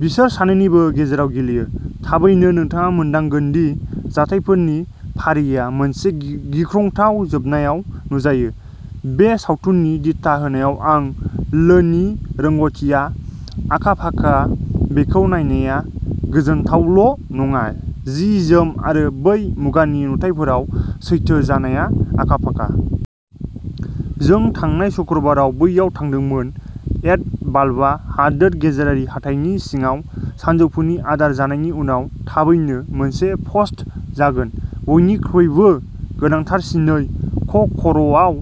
बिसोर सानैनिबो गेजेराव गेलेयो। थाबैनो, नोंथाङा मोनदांगोन दि जाथायफोरनि फारिया मोनसे गिख्रंथाव जोबनायाव नुजायो। बे सावथुननि दिथा होनायाव आं लीनि रोंग'थिआ आखा फाखा बेखौ नायनाया गोजोनथावल' नङा जि जोम आरो बै मुगानि नुथायफोराव सैथो जानाया आखा-फाखा। जों थांनाय सुक्रुबाराव बैयाव थांदोंमोन एड बालब'आ हादोर गेजेरारि हाथाइनि सिङाव सानजौफुनि आदार जानायनि उनाव। थाबैनो मोनसे पस्ट जागोन। बयनिख्रुइबो गोनांथारसिनै क'कर'आव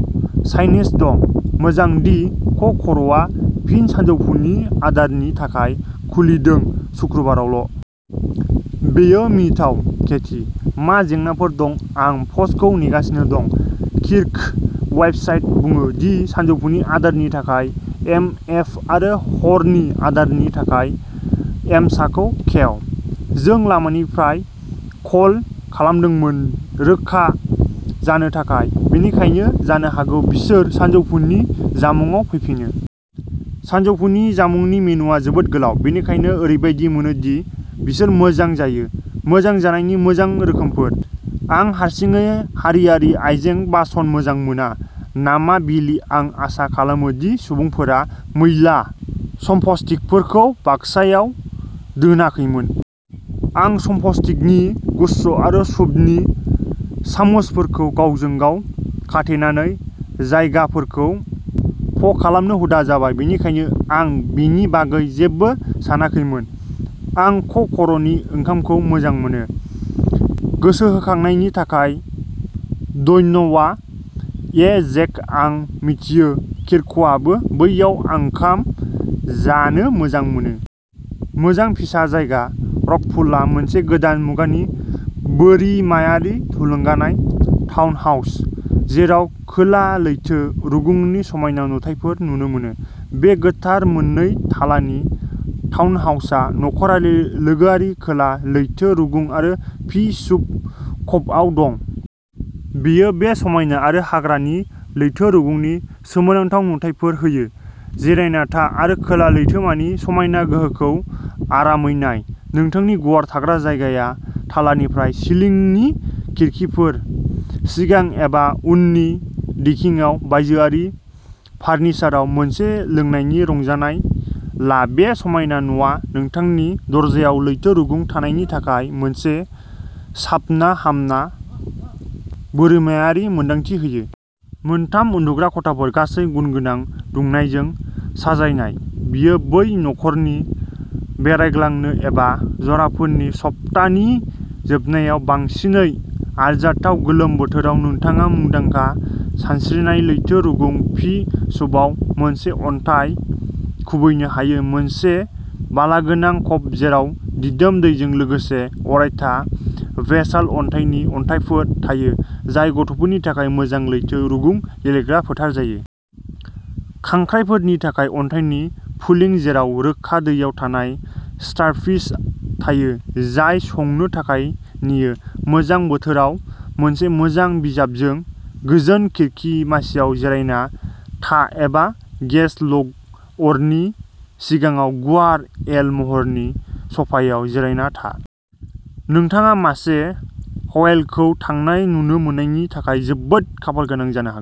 साइनेज दं! मोजां दि क'कर'आ फिन सानजौफुनि आदारनि थाखाय खुलिदों शुक्रबारावल'। बेयो मिनिथाव, केथी। मा जेंनाफोर दं आं पस्टखौ नेगासिनो दं। किर्क, वेबसाइटआ बुङो दि सानजौफुनि आदारनि थाखाय एम एफ आरो हरनि आदारनि थाखाय एमसाखौ खेव। जों लामानिफ्राय कल खालामदोंमोन रोखा जानो थाखाय। बेनिखायनो जानो हागौ बिसोर सानजौफुनि जामुंआव फैफिनो। सानजौफुनि जामुंनि मेन्युआ जोबोद गोलाव, बेनिखायनो ओरैबादि मोनो दि बिसोर मोजां जायो। मोजां जानायनि मोजां रोखोमफोर। आं हारसिङै हारियारि आयजें-बासन मोजां मोना नामा बिलि आं आसा खालामो दि सुबुंफोरा मैला चपस्टिकफोरखौ बाक्सायाव दोनाखैमोन। आं चापस्टिकनि गुच्छ आरो सुपनि सामुसफोरखौ गावजों गाव खाथेनानै जायगाफोरखौ फ'खालामनो हुदा जाबाय बेनिखायनो आं बेनि बागै जेबो सानाखैमोन। आं क'कर'नि ओंखामखौ मोजां मोनो! गोसोखांहोनायनि थाखाय धन्यबा ये जेक आं मिथियो किर्कआबो बैयाव ओंखाम जानो मोजां मोनो। मोजां फिसा जायगा। रकपुलआ मोनसे गोदान मुगानि बोरिमायारि थुलुंगानाय टाउनहाउस, जेराव खोला लैथो रुगुंनि समायना नुथायफोर नुनो मोनो। बे गोथार मोननै थालानि टाउनहाउसा नखरारि लोगोआरि खोला लैथो रुगुं आरो पी सुप कभआव दं। बेयो बे समायना आरो हाग्रानि लैथो रुगुंनि सोमोनांथाव नुथायफोर होयो। जिरायना था आरो खोला लैथोमानि समायना गोहोखौ आरामै नाय। नोंथांनि गुवार थाग्रा जायगाया थालानिफ्राय सिलिंनि खिरखिफोर। सिगां एबा उननि देकिंआव बायजोआरि फार्निचाराव मोनसे लोंनायनि रंजानाय ला बे समायना न'आ नोंथांनि दरजायाव लैथो रुगुं थानायनि थाखाय मोनसे साबना-हामना बोरिमायारि मोनदांथि होयो। मोन थाम उन्दुग्रा खथाफोर गासैबो गुनगोनां दुंनायजों साजायजानाय, बेयो बै नखरनि बेरायग्लांनो एबा जराफोरनि सप्तानि जोबनायाव साबसिनै आरजाथाव। गोलोम बोथोराव नोंथाङा मुंदांखा सानस्रिनाय लैथो रुगुं पि सूपआव मोनसे अन्थाइ खुबैनो हायो मोनसे बालागोनां क'भ जेराव दिदोम दैजों लोगोसे अरायथा बेसाल्ट अन्थाइनि अन्थाइफोर थायो जाय गथ'फोरनि थाखाय मोजां लैथो रुगुं गेलेग्रा फोथार जायो। खांख्रायफोरनि थाखाय अन्थाइनि पुलिं जेराव रोखा दैयाव थानाय स्टारफिश थायो, जाय संनो थाखाय नेयो। गोजां बोथोराव, मोनसे मोजां बिजाबजों गोजोन खिरखि मासिआव जिरायना था एबा गेस लग अरनि सिगाङाव गुवार एल महरनि स'फायाव जिरायना था। नोंथाङा मासे व्हेलखौ थांनाय नुनो मोन्नायनि थाखाय जोबोद खाफालगोनां जानो हागौ।